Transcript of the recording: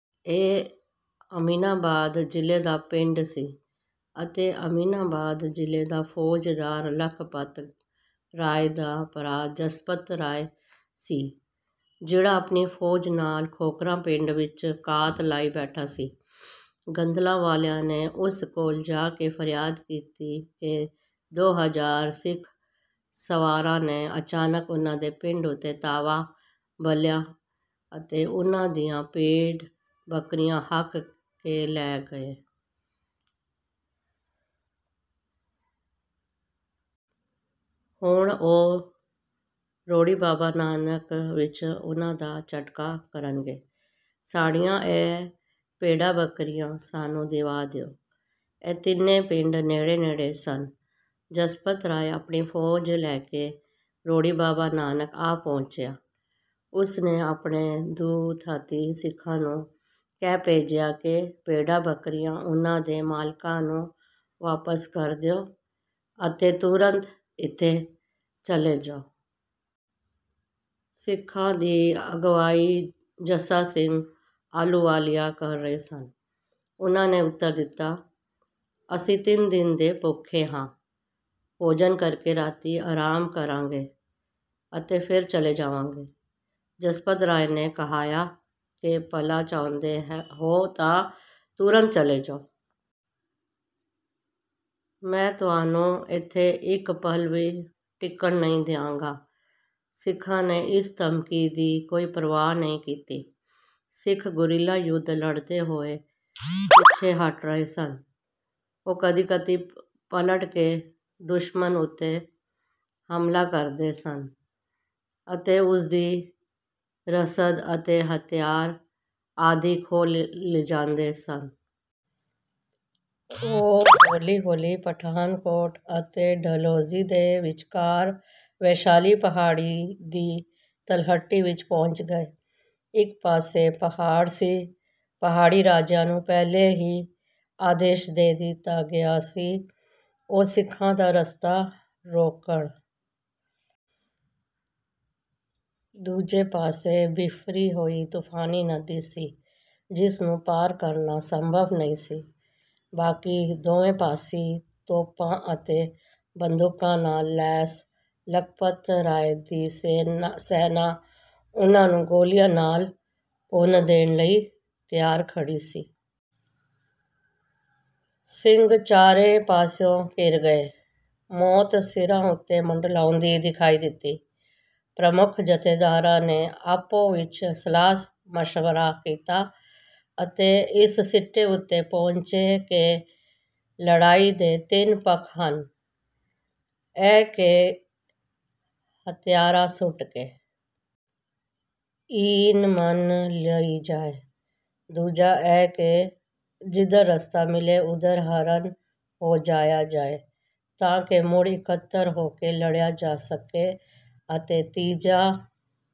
ਇਹ ਅਮੀਨਾਬਾਦ ਜ਼ਿਲੇ ਦਾ ਪਿੰਡ ਸੀ ਅਤੇ ਅਮੀਨਾਬਾਦ ਜ਼ਿਲੇ ਦਾ ਫੌਜਦਾਰ ਲਖਪਤ ਰਾਏ ਦਾ ਭਰਾ ਜਸਪਤ ਰਾਏ ਸੀ ਜਿਹੜਾ ਆਪਣੀ ਫੌਜ ਨਾਲ ਖੋਖਰਾਂ ਪਿੰਡ ਵਿੱਚ ਘਾਤ ਲਾਈ ਬੈਠਾ ਸੀ। ਗੋਂਡਲਾ ਵਾਲਿਆਂ ਨੇ ਉਸ ਕੋਲ ਜਾ ਕੇ ਫਰਿਆਦ ਕੀਤੀ ਕਿ ਦੋ ਹਜ਼ਾਰ ਸਿੱਖ ਸਵਾਰਾਂ ਨੇ ਅਚਾਨਕ ਉਹਨਾਂ ਦੇ ਪਿੰਡ ਉੱਤੇ ਧਾਵਾ ਬੋਲਿਆ ਅਤੇ ਉਹਨਾਂ ਦੀਆਂ ਭੇਡ-ਬੱਕਰੀਆਂ ਹੱਕ ਕੇ ਲੈ ਗਏ। ਹੁਣ ਉਹ ਰੋੜੀ ਬਾਬਾ ਨਾਨਕ ਵਿੱਚ ਉਹਨਾਂ ਦਾ ਝਟਕਾ ਕਰਨਗੇ। "ਸਾਡੀਆਂ ਇਹ ਭੇਡਾਂ-ਬੱਕਰੀਆਂ ਸਾਨੂੰ ਦਿਵਾ ਦਿਓ।" ਇਹ ਤਿੰਨੇ ਪਿੰਡ ਨੇੜੇ-ਨੇੜੇ ਸਨ। ਜਸਪਤ ਰਾਏ ਆਪਣੀ ਫੌਜ ਲੈ ਕੇ ਰੋੜੀ ਬਾਬਾ ਨਾਨਕ ਆ ਪਹੁੰਚਿਆ। ਉਸਨੇ ਆਪਣੇ ਦੂਤ ਹੱਥੀਂ ਸਿੱਖਾਂ ਨੂੰ ਕਹਿ ਭੇਜਿਆ ਕਿ ਭੇਡਾਂ-ਬੱਕਰੀਆਂ ਉਹਨਾਂ ਦੇ ਮਾਲਕਾਂ ਨੂੰ ਵਾਪਸ ਕਰ ਦਿਓ ਅਤੇ ਤੁਰੰਤ ਇੱਥੋਂ ਚਲੇ ਜਾਓ। ਸਿੱਖਾਂ ਦੀ ਅਗਵਾਈ ਜੱਸਾ ਸਿੰਘ ਆਹਲੂਵਾਲੀਆ ਕਰ ਰਹੇ ਸਨ। ਉਹਨਾਂ ਨੇ ਉੱਤਰ ਦਿੱਤਾ, "ਅਸੀਂ ਤਿੰਨ ਦਿਨ ਦੇ ਭੁੱਖੇ ਹਾਂ, ਭੋਜਨ ਕਰਕੇ ਰਾਤੀਂ ਆਰਾਮ ਕਰਾਂਗੇ ਅਤੇ ਫੇਰ ਚਲੇ ਜਾਵਾਂਗੇ।" ਜਸਪਤ ਰਾਏ ਨੇ ਕਹਾਇਆ ਕਿ ਭਲਾ ਚਾਹੁੰਦੇ ਹੋ ਤਾਂ ਤੁਰੰਤ ਚਲੇ ਜਾਓ। "ਮੈਂ ਤੁਹਾਨੂੰ ਇੱਥੇ ਇਕ ਪਲ ਵੀ ਟਿਕਣ ਨਹੀਂ ਦਿਆਂਗਾ।" ਸਿੱਖਾਂ ਨੇ ਇਸ ਧਮਕੀ ਦੀ ਕੋਈ ਪ੍ਰਵਾਹ ਨਹੀਂ ਕੀਤੀ। ਸਿੱਖ ਗੁਰੀਲਾ ਯੁੱਧ ਲੜਦੇ ਹੋਏ ਪਿੱਛੇ ਹਟ ਰਹੇ ਸਨ। ਉਹ ਕਦੀ-ਕਦੀ ਪਲਟ ਕੇ ਦੁਸ਼ਮਣ ਉੱਤੇ ਹਮਲਾ ਕਰਦੇ ਸਨ ਅਤੇ ਉਸਦੀ ਰਸਦ ਅਤੇ ਹਥਿਆਰ ਆਦਿ ਖੋਹ ਲਿਜਾਂਦੇ ਸਨ। ਉਹ ਹੌਲੀ-ਹੌਲੀ ਪਠਾਨਕੋਟ ਅਤੇ ਡਲਹੌਜੀ ਦੇ ਵਿਚਕਾਰ ਵੈਸ਼ਾਲੀ ਪਹਾੜੀ ਦੀ ਤਲਹਟੀ ਵਿੱਚ ਪਹੁੰਚ ਗਏ। ਇੱਕ ਪਾਸੇ ਪਹਾੜ ਸੀ। ਪਹਾੜੀ ਰਾਜਿਆਂ ਨੂੰ ਪਹਿਲਾਂ ਹੀ ਆਦੇਸ਼ ਦੇ ਦਿੱਤਾ ਗਿਆ ਸੀ ਕਿ ਉਹ ਸਿੱਖਾਂ ਦਾ ਰਸਤਾ ਰੋਕਣ। ਦੂਜੇ ਪਾਸੇ ਬਿਫਰੀ ਹੋਈ ਤੂਫ਼ਾਨੀ ਨਦੀ ਸੀ ਜਿਸ ਨੂੰ ਪਾਰ ਕਰਨਾ ਸੰਭਵ ਨਹੀਂ ਸੀ। ਬਾਕੀ ਦੋਵੇਂ ਪਾਸੀਂ ਤੋਪਾਂ ਅਤੇ ਬੰਦੂਕਾਂ ਨਾਲ ਲੈਸ ਲਖਪਤ ਰਾਏ ਦੀ ਸੈਨਾਂ ਉਹਨਾਂ ਨੂੰ ਗੋਲੀਆਂ ਨਾਲ ਭੁੰਨ ਦੇਣ ਲਈ ਤਿਆਰ ਖੜ੍ਹੀ ਸੀ। ਸਿੰਘ ਚਾਰੇ ਪਾਸਿਓਂ ਘਿਰ ਗਏ। ਮੌਤ ਸਿਰਾਂ ਉੱਤੇ ਮੰਡਲਾਉਂਦੀ ਦਿਖਾਈ ਦਿੱਤੀ। ਪ੍ਰਮੁੱਖ ਜੱਥੇਦਾਰਾਂ ਨੇ ਆਪੋ-ਵਿੱਚ ਸਲਾਹ-ਮਸ਼ਵਰਾ ਕੀਤਾ ਅਤੇ ਇਸ ਸਿੱਟੇ ਉੱਤੇ ਪਹੁੰਚੇ ਕਿ ਲੜਾਈ ਦੇ ਤਿੰਨ ਪੱਖ ਹਨ। ਇਹ ਕਿ ਹਥਿਆਰ ਸੁੱਟ ਕੇ ਈਨ ਮੰਨ ਲਈ ਜਾਏ, ਦੂਜਾ ਇਹ ਕਿ ਜਿੱਧਰ ਰਸਤਾ ਮਿਲੇ ਉਧਰ ਹਰਨ ਹੋ ਜਾਇਆ ਜਾਏ ਤਾਂ ਕਿ ਮੁੜ ਇਕੱਤਰ ਹੋ ਕੇ ਲੜਿਆ ਜਾ ਸਕੇ ਅਤੇ ਤੀਜਾ